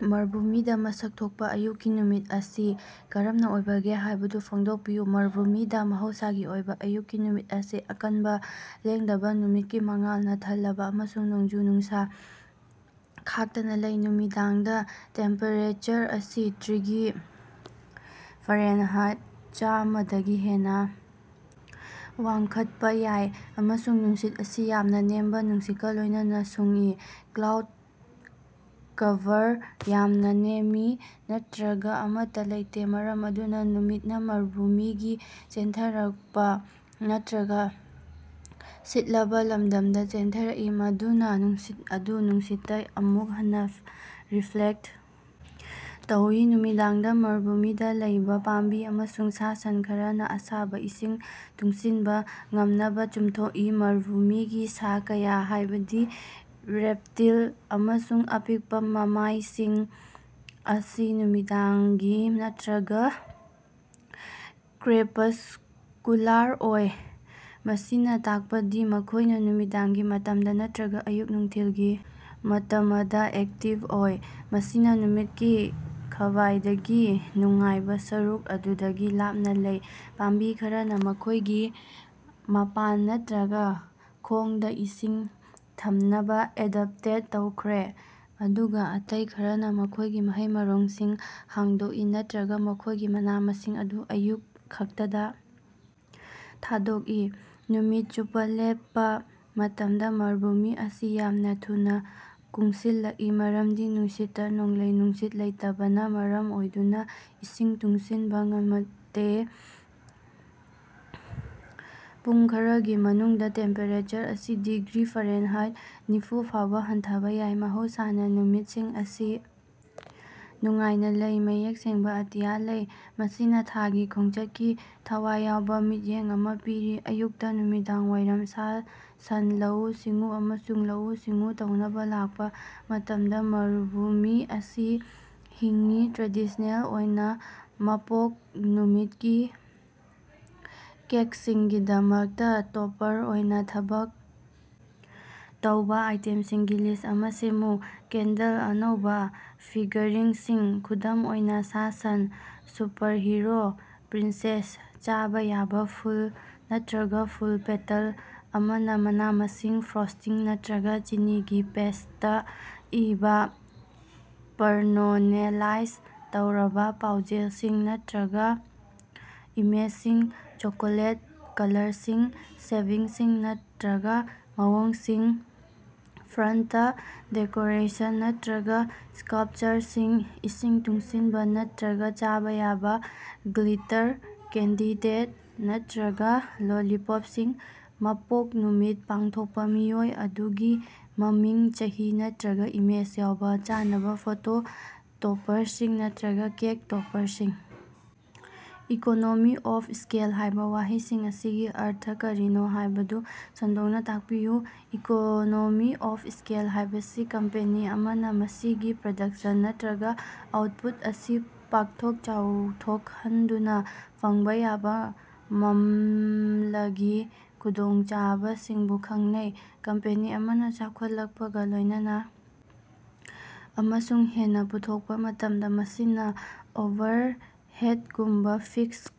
ꯃꯔꯚꯨꯃꯤꯗ ꯃꯁꯛ ꯊꯣꯛꯄꯥ ꯑꯌꯨꯛꯀꯤ ꯅꯨꯃꯤꯠ ꯑꯁꯤ ꯀꯔꯝꯅꯥ ꯑꯣꯏꯕꯒꯦ ꯍꯥꯏꯕꯗꯨ ꯐꯣꯡꯗꯣꯛꯄꯤꯌꯨ꯫ ꯃꯔꯚꯨꯃꯤꯗ ꯃꯍꯧꯁꯥꯒꯤ ꯑꯣꯏꯕ ꯑꯌꯨꯛꯀꯤ ꯅꯨꯃꯤꯠ ꯑꯁꯤ ꯑꯀꯟꯕꯥ, ꯂꯦꯡꯗꯕꯥ ꯅꯨꯃꯤꯠꯀꯤ ꯃꯉꯥꯜꯅ ꯊꯜꯂꯕꯥ ꯑꯃꯁꯨꯡ ꯅꯣꯡꯖꯨ-ꯅꯨꯡꯁꯥ ꯈꯥꯛꯇꯅ ꯂꯩ꯫ ꯅꯨꯃꯤꯗꯥꯡꯗ ꯇꯦꯝꯄꯦꯔꯦꯆꯔ ꯑꯁꯤ ꯗꯤꯒ꯭ꯔꯤ ꯐꯥꯔꯦꯟꯍꯥꯏꯠ ꯆꯥꯝꯃ ꯗꯒꯤ ꯍꯦꯟꯅꯥ ꯋꯥꯡꯈꯠꯄꯥ ꯌꯥꯏ, ꯑꯃꯁꯨꯡ ꯅꯨꯡꯁꯤꯠ ꯑꯁꯤ ꯌꯥꯝꯅ ꯅꯦꯝꯕꯥ ꯅꯨꯡꯁꯤꯠꯀꯥ ꯂꯣꯏꯅꯅꯥ ꯁꯨꯡꯏ꯫ ꯀ꯭ꯂꯥꯎꯗ ꯀꯚꯔ ꯌꯥꯝꯅ ꯅꯦꯝꯃꯤ ꯅꯠꯇꯔꯒ ꯑꯃꯠꯇꯥ ꯂꯩꯇꯦ, ꯃꯔꯝ ꯑꯗꯨꯅꯥ ꯅꯨꯃꯤꯠꯅꯥ ꯃꯔꯚꯨꯃꯤꯒꯤ ꯆꯦꯟꯊꯔꯛꯄꯥ ꯅꯠꯇꯔꯒ ꯁꯤꯠꯂꯕꯥ ꯂꯝꯗꯝꯗꯥ ꯆꯦꯟꯊꯔꯛꯏ, ꯃꯗꯨꯅꯥ ꯅꯨꯡꯁꯤꯠ ꯑꯗꯨ ꯅꯨꯡꯁꯤꯠꯇꯥ ꯑꯃꯨꯛ ꯍꯟꯅꯥ ꯔꯤꯐ꯭ꯂꯦꯛꯇ ꯇꯧꯏ꯫ ꯅꯨꯃꯤꯗꯥꯡꯗ ꯃꯔꯚꯨꯃꯤꯗꯥ ꯂꯩꯕ ꯄꯥꯝꯕꯤ ꯑꯃꯁꯨꯡ ꯁꯥ-ꯁꯟ ꯈꯔꯅꯥ ꯑꯁꯥꯕ ꯏꯁꯤꯡ ꯇꯨꯡꯁꯤꯟꯕꯥ ꯉꯝꯅꯕꯥ ꯆꯨꯝꯊꯣꯛꯏ꯫ ꯃꯔꯚꯨꯃꯤꯒꯤ ꯁꯥ ꯀꯌꯥ, ꯍꯥꯏꯕꯗꯤ ꯔꯦꯞꯇꯤꯜ ꯑꯃꯁꯨꯡ ꯑꯄꯤꯛꯄꯥ ꯃꯃꯥꯏꯁꯤꯡ ꯑꯁꯤ ꯅꯨꯃꯤꯗꯥꯡꯒꯤ ꯅꯠꯇꯔꯒ ꯀ꯭ꯔꯦꯄꯁ꯭ꯀꯨꯂꯥꯔ ꯑꯣꯏ, ꯃꯁꯤꯅꯥ ꯇꯥꯛꯄꯗꯤ ꯃꯈꯣꯏꯅꯥ ꯅꯨꯃꯤꯗꯥꯡꯒꯤ ꯃꯇꯝꯗ ꯅꯠꯇꯔꯒ ꯑꯌꯨꯛ-ꯅꯨꯡꯊꯤꯜꯒꯤ ꯃꯇꯃꯗꯥ ꯑꯦꯛꯇꯤꯕ ꯑꯣꯏ, ꯃꯁꯤꯅꯥ ꯅꯨꯃꯤꯠꯀꯤ ꯈ꯭ꯕꯥꯏꯗꯒꯤ ꯅꯨꯡꯉꯥꯏꯕꯥ ꯁꯔꯨꯛ ꯑꯗꯨꯗꯒꯤ ꯂꯥꯞꯅꯥ ꯂꯩ꯫ ꯄꯥꯝꯕꯤ ꯈꯔꯅꯥ ꯃꯈꯣꯏꯒꯤ ꯃꯄꯥꯟ ꯅꯠꯇꯔꯒ ꯈꯣꯡꯗꯥ ꯏꯁꯤꯡ ꯊꯝꯅꯕꯥ ꯑꯦꯗꯞꯇꯦꯠ ꯇꯧꯈ꯭ꯔꯦ, ꯑꯗꯨꯒꯥ ꯑꯇꯩ ꯈꯔꯅꯥ ꯃꯈꯣꯏꯒꯤ ꯃꯍꯩ-ꯃꯔꯣꯡꯁꯤꯡ ꯍꯥꯡꯗꯣꯛꯏ ꯅꯠꯇꯔꯒꯥ ꯃꯈꯣꯏꯒꯤ ꯃꯅꯥ-ꯃꯁꯤꯡ ꯑꯗꯨ ꯑꯌꯨꯛ ꯈꯛꯇꯗꯥ ꯊꯥꯗꯣꯛꯏ꯫ ꯅꯨꯃꯤꯠ ꯆꯨꯞꯄꯥ ꯂꯦꯞꯄꯥ ꯃꯇꯝꯗ ꯃꯔꯚꯨꯃꯤ ꯑꯁꯤ ꯌꯥꯝꯅ ꯊꯨꯅꯥ ꯀꯨꯡꯁꯤꯜꯂꯛꯏ ꯃꯔꯝꯗꯤ ꯅꯨꯡꯁꯤꯠꯇꯥ ꯅꯣꯡꯂꯩ-ꯅꯨꯡꯁꯤꯠ ꯂꯩꯇꯕꯅꯥ ꯃꯔꯝ ꯑꯣꯏꯗꯨꯅꯥ ꯏꯁꯤꯡ ꯇꯨꯡꯁꯤꯟꯕꯥ ꯉꯝꯃꯛꯇꯦ꯫ ꯄꯨꯡ ꯈꯔꯒꯤ ꯃꯅꯨꯡꯗꯥ ꯇꯦꯝꯄꯦꯔꯦꯆꯔ ꯑꯁꯤ ꯗꯤꯒ꯭ꯔꯤ ꯐꯥꯔꯦꯟꯍꯥꯏꯠ ꯅꯤꯐꯨ ꯐꯥꯎꯕ ꯍꯟꯊꯕꯥ ꯌꯥꯏ꯫ ꯃꯍꯧꯁꯥꯅ ꯅꯨꯃꯤꯠꯁꯤꯡ ꯑꯁꯤ ꯅꯨꯡꯉꯥꯏꯅ ꯂꯩ, ꯃꯌꯦꯛ ꯁꯦꯡꯕꯥ ꯑꯇꯤꯌꯥ ꯂꯩ, ꯃꯁꯤꯅꯥ ꯊꯥꯒꯤ ꯈꯣꯡꯆꯠꯀꯤ ꯊꯋꯥꯏ ꯌꯥꯎꯕ ꯃꯤꯠꯌꯦꯡ ꯑꯃ ꯄꯤꯔꯤ꯫ ꯑꯌꯨꯛꯇꯥ ꯅꯨꯃꯤꯗꯥꯡꯋꯥꯏꯔꯝ ꯁꯥ-ꯁꯟꯂꯧꯎ-ꯁꯤꯡꯎ ꯑꯃꯁꯨꯡ ꯂꯧꯎ-ꯁꯤꯡꯎ ꯇꯧꯅꯕꯥ ꯂꯥꯛꯄ ꯃꯇꯝꯗ ꯃꯔꯕꯨꯃꯤ ꯑꯁꯤ ꯍꯤꯡꯏ꯫ ꯇ꯭ꯔꯦꯗꯤꯁꯅꯦꯜ ꯑꯣꯏꯅꯥ ꯃꯄꯣꯛ ꯅꯨꯃꯤꯠꯀꯤ ꯀꯦꯛꯁꯤꯡꯒꯤꯗꯃꯛꯇꯥ ꯇꯣꯄꯔ ꯑꯣꯏꯅ ꯊꯕꯛ ꯇꯧꯕ ꯑꯥꯏꯇꯦꯝꯁꯤꯡꯒꯤ ꯂꯤꯁ ꯑꯃ ꯁꯦꯝꯃꯨ꯫ ꯀꯦꯟꯗꯜ ꯑꯅꯧꯕ ꯐꯤꯒꯔꯤꯡꯁꯤꯡ (ꯈꯨꯗꯝ ꯑꯣꯏꯅꯥ, ꯁꯥ-ꯁꯟ, ꯁꯨꯄꯔꯍꯤꯔꯣ, ꯄ꯭ꯔꯤꯟꯁꯦꯁ) ꯆꯥꯕ ꯌꯥꯕ ꯐꯨꯜ ꯅꯠꯇꯔꯒ ꯐꯨꯜ ꯄꯦꯇꯜ ꯑꯃꯅ ꯃꯅꯥ-ꯃꯁꯤꯡ ꯐ꯭ꯔꯣꯁ꯭ꯇꯤꯡ ꯅꯠꯇꯔꯒ ꯆꯤꯅꯤꯒꯤ ꯄꯦꯁ꯭ꯇꯇꯥ ꯏꯕꯥ ꯄꯔꯅꯣꯂꯦꯂꯥꯏ ꯇꯧꯔꯕ ꯄꯥꯎꯖꯦꯜꯁꯤꯡ ꯅꯠꯇꯔꯒ ꯏꯃꯦꯖꯁꯤꯡ ꯆꯣꯀꯣꯂꯦꯠ ꯀꯂꯔꯁꯤꯡ, ꯁꯦꯚꯤꯡꯁꯤꯡ ꯅꯠꯇꯔꯒ ꯃꯑꯣꯡꯁꯤꯡ ꯐꯔꯟꯇ ꯗꯦꯀꯣꯔꯦꯁꯟ ꯅꯠꯇꯔꯒ ꯁ꯭ꯀꯥꯜꯞꯆꯥꯔꯁꯤꯡ ꯏꯁꯤꯡ ꯇꯨꯡꯁꯤꯟꯕ ꯅꯠꯇꯔꯒ ꯆꯥꯕ ꯌꯥꯕ ꯒ꯭ꯂꯤꯇꯔ ꯀꯦꯟꯗꯤꯗꯦꯠ ꯅꯠꯇꯔꯒ ꯂꯣꯂꯤꯄꯣꯞꯁꯤꯡ ꯃꯄꯣꯛ ꯅꯨꯃꯤꯠ ꯄꯥꯡꯊꯣꯛꯄ ꯃꯤꯑꯣꯏ ꯑꯗꯨꯒꯤ ꯃꯃꯤꯡ, ꯆꯍꯤ ꯅꯠꯇꯔꯒ ꯏꯃꯦꯖ ꯌꯥꯎꯕ ꯆꯥꯅꯕ ꯐꯣꯇꯣ ꯇꯣꯄꯔꯁꯤꯡ ꯅꯠꯇꯔꯒ ꯀꯦꯛ ꯇꯣꯄꯔꯁꯤꯡ꯫। 'ꯏꯀꯣꯅꯣꯃꯤ ꯑꯣꯐ ꯁ꯭ꯀꯦꯜ' ꯍꯥꯏꯕ ꯋꯥꯍꯩꯁꯤꯡ ꯑꯁꯤꯒꯤ ꯑꯔꯊ ꯀꯔꯤꯅꯣ ꯍꯥꯏꯕꯗꯨ ꯁꯟꯗꯣꯛꯅ ꯇꯥꯛꯄꯤꯌꯨ꯫ ꯏꯀꯣꯅꯣꯃꯤ ꯑꯣꯐ ꯁ꯭ꯀꯦꯜ ꯍꯥꯏꯕꯁꯤ ꯀꯝꯄꯦꯅꯤ ꯑꯃꯅ ꯃꯁꯤꯒꯤ ꯄ꯭ꯔꯗꯛꯁꯟ ꯅꯠꯇꯔꯒ ꯑꯥꯎꯠꯄꯨꯠ ꯑꯁꯤ ꯄꯥꯛꯊꯣꯛ ꯆꯥꯎꯊꯣꯛꯍꯟꯗꯨꯅꯥ ꯐꯪꯕ ꯌꯥꯕ ꯃꯝꯂꯒꯤ ꯈꯨꯗꯣꯡꯆꯥꯕꯁꯤꯡꯕꯨ ꯈꯪꯅꯩ꯫ ꯀꯝꯄꯦꯅꯤ ꯑꯃꯅ ꯆꯥꯎꯈꯠꯂꯛꯄꯒꯥ ꯂꯣꯏꯅꯅꯥ ꯑꯃꯁꯨꯡ ꯍꯦꯟꯅꯥ ꯄꯨꯊꯣꯛꯄꯥ ꯃꯇꯝꯗꯥ, ꯃꯁꯤꯅ ꯑꯣꯚꯔꯍꯦꯠꯒꯨꯝꯕꯥ ꯐꯤꯛꯁ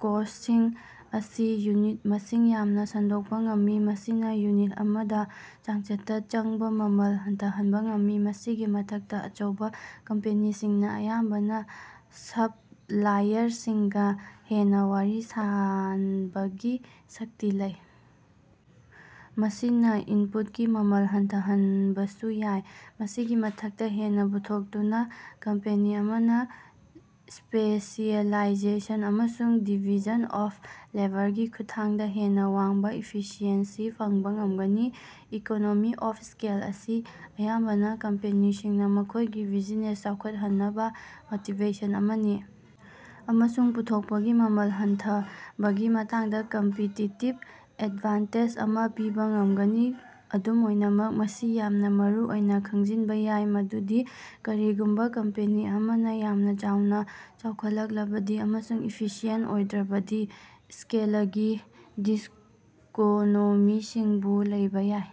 ꯀꯣꯁ꯭ꯇꯁꯤꯡ ꯑꯁꯤ ꯌꯨꯅꯤꯠ ꯃꯁꯤꯡ ꯌꯥꯝꯅ ꯁꯟꯗꯣꯛꯄꯥ ꯉꯝꯃꯤ, ꯃꯁꯤꯅꯥ ꯌꯨꯅꯤꯠ ꯑꯃꯗ ꯆꯥꯡꯆꯠꯇꯥ ꯆꯪꯕ ꯃꯃꯜ ꯍꯟꯊꯍꯟꯕꯥ ꯉꯝꯃꯤ꯫ ꯃꯁꯤꯒꯤ ꯃꯊꯛꯇꯥ, ꯑꯆꯧꯕ ꯀꯝꯄꯦꯅꯤꯁꯤꯡꯅꯥ ꯑꯌꯥꯝꯕꯅ ꯁꯞꯂꯥꯏꯌꯔꯁꯤꯡꯒꯥ ꯍꯦꯟꯅꯥ ꯋꯥꯔꯤ ꯁꯥꯟꯕꯒꯤ ꯁꯛꯇꯤ ꯂꯩ, ꯃꯁꯤꯅ ꯏꯟꯄꯨꯠꯀꯤ ꯃꯃꯜ ꯍꯟꯊꯍꯟꯕꯁꯨ ꯌꯥꯏ꯫ ꯃꯁꯤꯒꯤ ꯃꯊꯛꯇꯥ, ꯍꯦꯟꯅꯥ ꯄꯨꯊꯣꯛꯇꯨꯅꯥ ꯀꯝꯄꯦꯅꯤ ꯑꯃꯅ ꯁ꯭ꯄꯦꯁꯤꯑꯦꯂꯥꯏꯖꯦꯁꯟ ꯑꯃꯁꯨꯡ ꯗꯤꯚꯤꯖꯟ ꯑꯣꯐ ꯂꯦꯕꯔꯒꯤ ꯈꯨꯠꯊꯥꯡꯗꯥ ꯍꯦꯟꯅꯥ ꯋꯥꯡꯕꯥ ꯏꯐꯤꯁꯤꯑꯦꯟꯁꯤ ꯐꯪꯕ ꯉꯝꯒꯅꯤ꯫ ꯏꯀꯣꯅꯣꯃꯤ ꯑꯣꯐ ꯁ꯭ꯀꯦꯜ ꯑꯁꯤ ꯑꯌꯥꯝꯕꯅ ꯀꯝꯄꯦꯅꯤꯁꯤꯡꯅꯥ ꯃꯈꯣꯏꯒꯤ ꯕꯤꯖꯤꯅꯦꯁ ꯆꯥꯎꯈꯠꯍꯟꯅꯕꯥ ꯃꯣꯇꯤꯕꯦꯁꯟ ꯑꯃꯅꯤ ꯑꯃꯁꯨꯡ ꯄꯨꯊꯣꯛꯄꯒꯤ ꯃꯃꯜ ꯍꯟꯊꯕꯒꯤ ꯃꯇꯥꯡꯗ ꯀꯝꯄꯤꯇꯤꯇꯤꯕ ꯑꯦꯗꯚꯥꯟꯇꯦꯖ ꯑꯃ ꯄꯤꯕꯥ ꯉꯝꯒꯅꯤ꯫ ꯑꯗꯨꯝ ꯑꯣꯏꯅꯃꯛ, ꯃꯁꯤ ꯌꯥꯝꯅ ꯃꯔꯨꯑꯣꯏꯅ ꯈꯪꯖꯤꯟꯕꯥ ꯌꯥꯏ ꯃꯗꯨꯗꯤ ꯀꯔꯤꯒꯨꯝꯕꯥ ꯀꯝꯄꯦꯅꯤ ꯑꯃꯅ ꯌꯥꯝꯅ ꯆꯥꯎꯅ ꯆꯥꯎꯈꯠꯂꯛꯂꯕꯗꯤ ꯑꯃꯁꯨꯡ ꯏꯐꯤꯁꯤꯌꯦꯟꯇ ꯑꯣꯏꯗ꯭ꯔꯕꯗꯤ ꯁ꯭ꯀꯦꯂꯒꯤ ꯗꯤꯁꯀꯣꯅꯣꯃꯤꯁꯤꯡꯁꯨ ꯂꯩꯕ ꯌꯥꯏ꯫